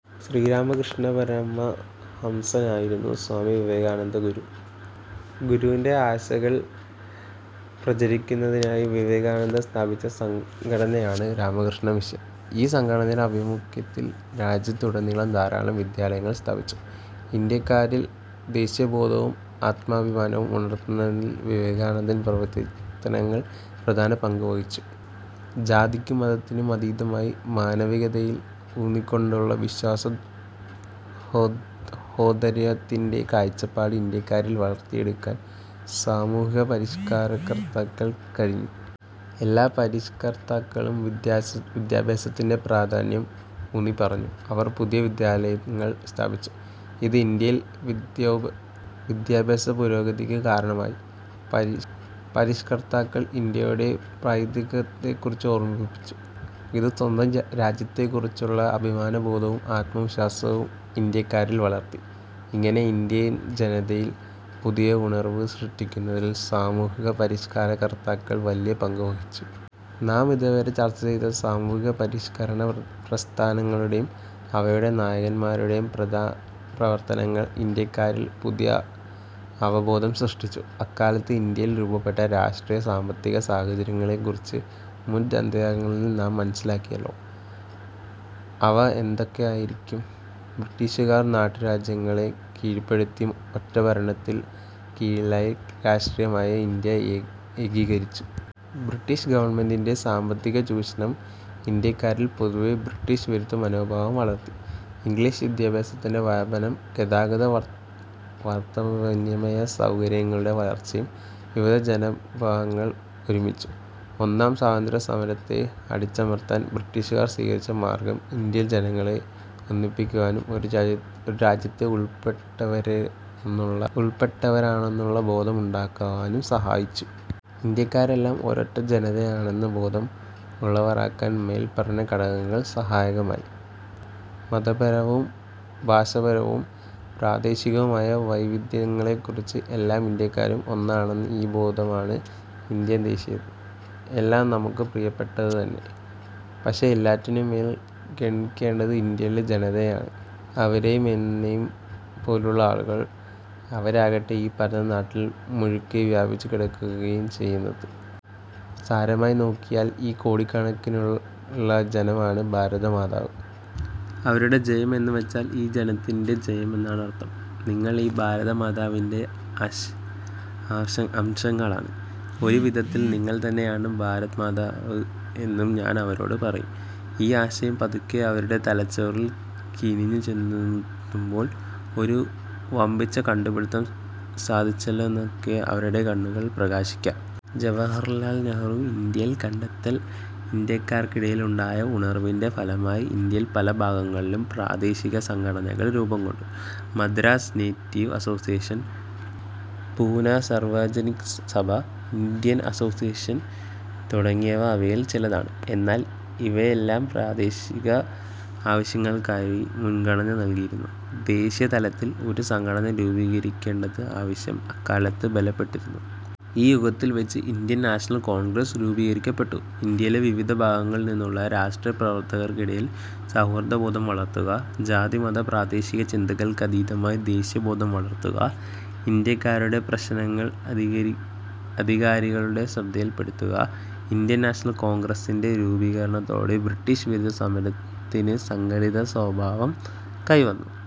" ശ്രീരാമകൃഷ്ണപരമ ഹംസൻ ആയിരുന്നു സ്വാമി വിവേകാനന്ദന്റെ ഗുരു. ഗുരുവിന്റെ ആശയങ്ങൾ പ്രചരിപ്പിക്കുന്നതിനായി വിവേകാനന്ദൻ സ്ഥാപിച്ച സംഘടനയാണ് രാമകൃഷ്ണ മിഷൻ. ഈ സംഘടനയുടെ ആഭിമുഖ്യത്തിൽ രാജ്യത്തുടനീളം ധാരാളം വിദ്യാലയങ്ങൾ സ്ഥാപിച്ചു. ഇന്ത്യക്കാരിൽ ദേശീയബോധവും ആത്മാഭിമാനവും ഉണർത്തുന്നതിൽ വിവേകാനന്ദന്റെ പ്രവർത്തനങ്ങൾ പ്രധാന പങ്കുവഹിച്ചു. ജാതിക്കും മതത്തിനും അതീതമായി മാനവികതയിൽ ഊന്നിക്കൊണ്ടുള്ള വിശ്വസാഹോദര്യത്തിന്റെ കാഴ്ചപ്പാട് ഇന്ത്യക്കാരിൽ വളർത്തിയെടുക്കാൻ സാമൂഹ്യപരിഷ്കർത്താക്കൾക്ക് കഴിഞ്ഞു. എല്ലാ പരിഷ്കർത്താക്കളും വിദ്യാഭ്യാസത്തിന്റെ പ്രാധാന്യം ഊന്നിപ്പറഞ്ഞു. അവർ പുതിയ വിദ്യാലയങ്ങൾ സ്ഥാപിച്ചു. ഇത് ഇന്ത്യയിൽ വിദ്യാഭ്യാസപുരോഗതിക്ക് കാരണമായി. പരിഷ്കർത്താക്കൾ ഇന്ത്യയുടെ പൈതൃകത്തെക്കുറിച്ച് ഓർമ്മിപ്പിച്ചു. ഇത് സ്വന്തം രാജ്യത്തെക്കുറിച്ചുള്ള അഭിമാനബോധവും ആത്മവിശ്വാസവും ഇന്ത്യക്കാരിൽ വളർത്തി. ഇങ്ങനെ ഇന്ത്യൻ ജനതയിൽ പുതിയ ഉണർവ് സൃഷ്ടിക്കുന്നതിൽ സാമൂഹ്യപരിഷ്കർത്താക്കൾ വലിയ പങ്കുവഹിച്ചു. നാം ഇതുവരെ ചർച്ച ചെയ്ത സാമൂഹിക പരിഷ്കരണ പ്രസ്ഥാനങ്ങളുടെയും അവയുടെ നായകൻമാരുടെയും പ്രവർത്തനങ്ങൾ ഇന്ത്യാക്കാരിൽ പുതിയ അവബോധം സൃഷ്ടിച്ചു. അക്കാലത്ത് ഇന്ത്യയിൽ രൂപപ്പെട്ട രാഷ്ട്രീയ-സാമ്പത്തിക സാഹചര്യങ്ങളെക്കുറിച്ച് മുൻ അധ്യായങ്ങളിൽ നാം മനസ്സിലാക്കിയല്ലോ. അവ എന്തൊക്കെയായിരുന്നു? ബ്രിട്ടീഷുകാർ നാട്ടുരാജ്യങ്ങളെ കീഴ്പ്പെടുത്തി ഒറ്റ ഭരണത്തിൻ കീഴിലാക്കി രാഷ്ട്രീയമായി ഇന്ത്യയെ ഏകീകരിച്ചു. ബ്രിട്ടീഷ് ഗവൺമെന്റിന്റെ സാമ്പത്തിക ചൂഷണം ഇന്ത്യക്കാരിൽ പൊതുവെ ബ്രിട്ടീഷ് വിരുദ്ധ മനോഭാവം വളർത്തി. ഇംഗ്ലീഷ് വിദ്യാഭ്യാസത്തിന്റെ വ്യാപനവും ഗതാഗത-വാർത്താവിനിമയ സൗകര്യങ്ങളുടെ വളർച്ചയും വിവിധ ജനവിഭാഗങ്ങളെ ഒരുമിപ്പിച്ചു. ഒന്നാം സ്വാതന്ത്ര്യസമരത്തെ അടിച്ചമർത്തുവാൻ ബ്രിട്ടീഷുകാർ സ്വീകരിച്ച മാർഗ്ഗം ഇന്ത്യയിലെ ജനങ്ങളെ ഒന്നിപ്പിക്കുവാനും ഒരു രാജ്യത്തിൽ ഉൾപ്പെട്ടവരാണെന്നുള്ള ബോധം ഉണ്ടാക്കുവാനും സഹായിച്ചു. ഇന്ത്യക്കാരെല്ലാം ഒരൊറ്റ ജനതയാണെന്ന ബോധം ഉളവാക്കാൻ മേൽപ്പറഞ്ഞ ഘടകങ്ങൾ സഹായകമായി. മതപരവും ഭാഷാപരവും പ്രാദേശികവുമായ വൈവിധ്യങ്ങൾക്കപ്പുറം എല്ലാ ഇന്ത്യാക്കാരും ഒന്നാണെന്ന ഈ ബോധമാണ് ഇന്ത്യൻ ദേശീയത. എല്ലാം നമുക്കു പ്രിയപ്പെട്ടവതന്നെ. പക്ഷേ എല്ലാറ്റിലുമേറെയായി ഗണിക്കേണ്ടത് ഇന്ത്യയിലെ ജനതയെയാണ്. അവരെയും എന്നെയും പോലുള്ള ആളുകൾ. അവരാകട്ടെ ഈ പരന്ന നാട്ടിൽ മുഴുക്കെ വ്യാപിച്ചു കിടക്കുകയും ചെയ്യുന്നു. സാരമായി നോക്കിയാൽ ഈ കോടിക്കണക്കിലുള്ള ജനമാണ് ഭാരതമാതാവ്. അവരുടെ ജയം എന്നുവെച്ചാൽ ഈ ജനത്തിന്റെ ജയം എന്നാണർത്ഥം. നിങ്ങൾ ഈ ഭാരതമാതാവിന്റെ അംശങ്ങളാണ്. ഒരു വിധത്തിൽ നിങ്ങൾ തന്നെയാണ് ഭാരതമാതാവ് എന്നു ഞാൻ അവരോടു പറയും. ഈ ആശയം പതുക്കെ അവരുടെ തലച്ചോറിൽ കിനിഞ്ഞു ചെന്നെത്തുമ്പോൾ, ഒരു വമ്പിച്ച കണ്ടുപിടിത്തം സാധിച്ചാലത്തെപ്പോലെ അവരുടെ കണ്ണു കൾ പ്രകാശിക്കും. ജവഹർലാൽ നെഹ്റു ഇന്ത്യയെ കണ്ടെത്തൽ ഇന്ത്യക്കാർക്കിടയിലുണ്ടായ ഉണർവിന്റെ ഫലമായി ഇന്ത്യയുടെ പല ഭാഗങ്ങളിലും പ്രാദേശിക സംഘടനകൾ രൂപംകൊണ്ടു. Madras native association, Poona Sarvajanik Sabha, Indian association തുടങ്ങിയവ അവയിൽ ചിലതാണ്. എന്നാൽ ഇവയെല്ലാം പ്രാദേശിക ആവശ്യങ്ങൾക്കായിരുന്നു മുൻഗണന നൽകിയിരുന്നത്. ദേശീയതലത്തിൽ ഒരു സംഘടന രൂപീകരിക്കേണ്ടതിന്റെ ആവശ്യകത അക്കാലത്ത് ബലപ്പെട്ടിരുന്നു. ഈ യോഗത്തിൽ വച്ച് ഇന്ത്യൻ നാഷണൽ കോൺഗ്രസ് രൂപീകരിക്കപ്പെട്ടു. ഇന്ത്യയുടെ വിവിധ ഭാഗങ്ങളിൽനിന്നുള്ള രാഷ്ട്രീയ പ്രവർത്തകർക്കിടയിൽ സൗഹൃദ ബോധം വളർത്തുക. ജാതി-മത-പ്രാദേശിക ചിന്തകൾക്കതീതമായി ദേശീയബോധം വളർത്തുക. ഇന്ത്യക്കാരുടെ പ്രശ്നങ്ങൾ അധികാരികളുടെ ശ്രദ്ധയിൽപ്പെടുത്തുക. ഇന്ത്യൻ നാഷണൽ കോൺഗ്രസിന്റെ രൂപീകരണത്തോടെ ബ്രിട്ടീഷ് വിരുദ്ധ സമരത്തിന് സംഘടിത സ്വഭാവം കൈവന്നു.